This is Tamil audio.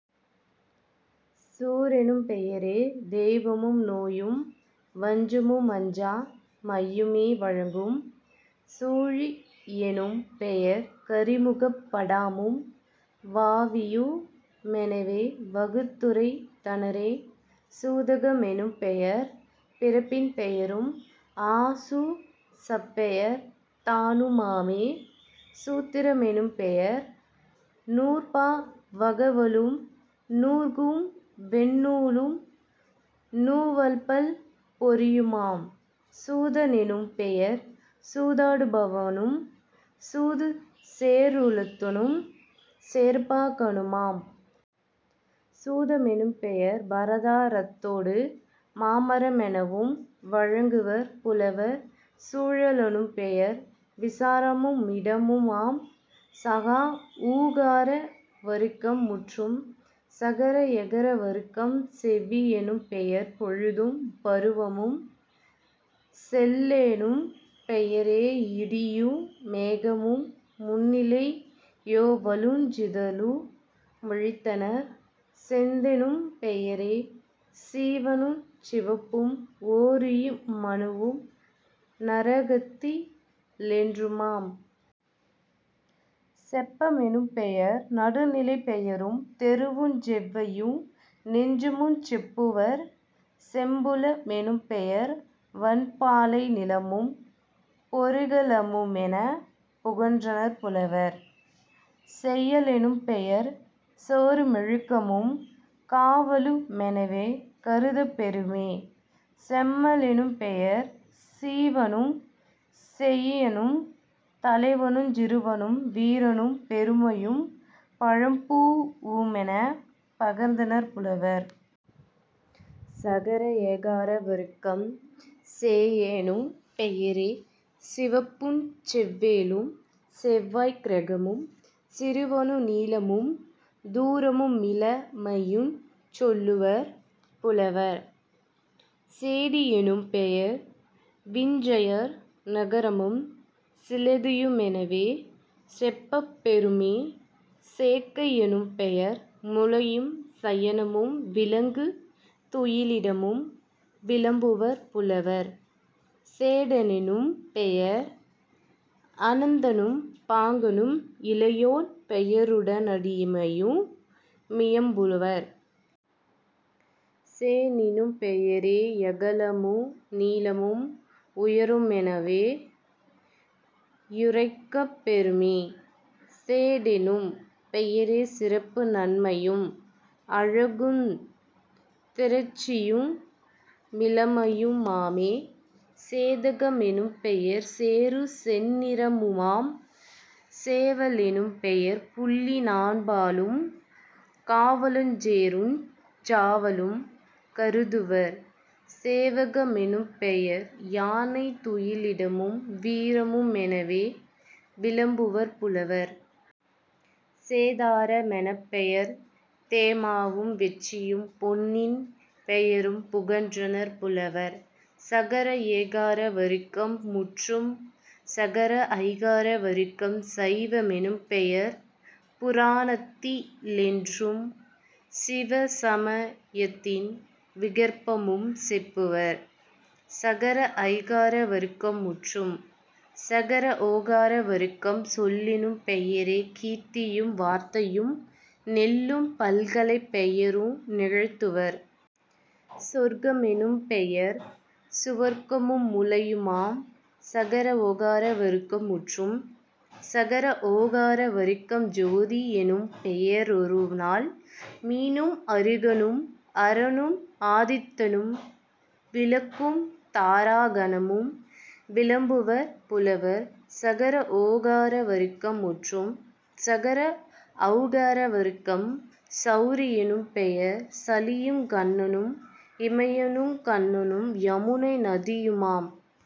சூரெனும் பெயரே தெய்வமு நோயும் வஞ்சமு மஞ்சா மையுமே வழங்கும்..... சூழி யெனும்பெயர் கரிமுக படாமும் வாவியு மெனவே வகுத்துரைத் தனரே..... சூதக மெனும்பெயர் பிறப்பின் பெயரும் ஆசூ சப்பெயர் தானு மாமே..... சூத்திர மெனும்பெயர் நூற்பா வகவலும் நூற்கும் வெண்ணூலும் நுவல்பல் பொறியுமாம்..... சூத னெனும்பெயர் சூதாடு பவனும் சூது சேருளத்தனும் தேர்ப்பா கனுமாம்..... சூத மெனும்பெயர் பரதா ரத்தொடு மாமர மெனவும் வழங்குவர் புலவர்..... சூழ லனும்பெயர் விசாரமு மிடமுமாம்..... சகா ஊகார வருக்கம் முற்றும். சகர எகர வருக்கம் செவ்வி யெனும்பெயர் பொழுதும் பருவமும்..... செல்லெனும் பெயரே யிடியு மேகமும் முன்னிலை யேவலுஞ் சிதலு மொழித்தனர்..... செந்தெனும் பெயரே சீவனுஞ் சிவப்பும் ஓரியு மணுவும் நரகத்தி லென்றுமாம்..... செப்ப மெனும்பெயர் நடுநிலைப் பெயரும் தெருவுஞ் செவ்வையு நெஞ்சமுஞ் செப்புவர்..... செம்புல மெனும்பெயர் வன்பாலை நிலமும் பொருக ளமுமெனப் புகன்றனர் புலவர்..... செய்ய லெனும்பெயர் சேறு மொழுக்கமும் காவலு மெனவே கருதப் பெறுமே..... செம்ம லெனும்பெயர் சீவனும் செயினனும் தலைவனுஞ் சிறுவனும் வீரனும் பெருமையும் பழம்பூ வுமெனப் பகர்ந்தனர் புலவர்..... சகர ஏகார வருக்கம் சேயெனும் பெயரே சிவப்புஞ் செவ்வேளும் செவ்வாய்க் கிரகமும் சிறுவனு நீளமும் தூரமு மிளமையுஞ் சொல்லுவர் புலவர்..... சேடி யெனும்பெயர் விஞ்சையர் நகரமும் சிலதியு மெனவே செப்பப் பெறுமே..... சேக்கை யெனும்பெயர் முலையும் சயனமும் விலங்கு துயிலிடமும் விளம்புவர் புலவர்..... சேடனெ னும்பெயர் அனந்தனும் பாங்கனும் இளையோன் பெயருட னடிமையு மியம்புவர்..... சேணுனும் பெயரே யகலமு நீளமும் உயரமு மெனவே யுரைக்கப் பெறுமே..... சேடெனும் பெயரே சிறப்பு நன்மையும் அழகுந் திரட்சியு மிளமையு மாமே..... சேதக மெனும்பெயர் சேறு செந்நிறமுமாம்..... சேவ லெனும்பெயர் புள்ளி னாண்பாலும் காவலுஞ் சேறுஞ் சாவலும் கருதுவர்..... சேவக மெனும்பெயர் யானை துயிலிடமும் வீரமு மெனவே விளம்புவர் புலவர்..... சேதார மெனப்பெயர் தேமாவும் வெட்சியும் பொன்னின் பெயரும் புகன்றனர் புலவர்..... சகர ஏகார வருக்கம் முற்றும். சகர ஐகார வருக்கம் சைவ மெனும்பெயர் புராணத்தி லென்றும் சிவசம யத்தின் விகற்பமும் செப்புவர்..... சகர ஐகார வருக்கம் முற்றும். சகர ஒகர வருக்கம் சொல்லெனும் பெயரே கீர்த்தியும் வார்த்தையும் நெல்லும் பல்கலைப் பெயரு நிகழ்த்துவர்..... சொர்க்க மெனும்பெயர் சுவர்க்கமு முலையுமாம்..... சகர ஒகர வருக்கம் முற்றும். சகர ஓகார வருக்கம் சோதி யெனும்பெய ரொருநாள் மீனும் அருகனும் அரனும் ஆதித்தனும் விளக்கும் தாரா கணமும் விளம்புவர் புலவர்..... சகர ஓகார வருக்கம் முற்றும். சகர ஒளகார வருக்கம் செளரி யெனும்பெயர் சளியுங் கன்னனும் இமயனுங் கண்ணனும் யமுனை நதியுமாம்.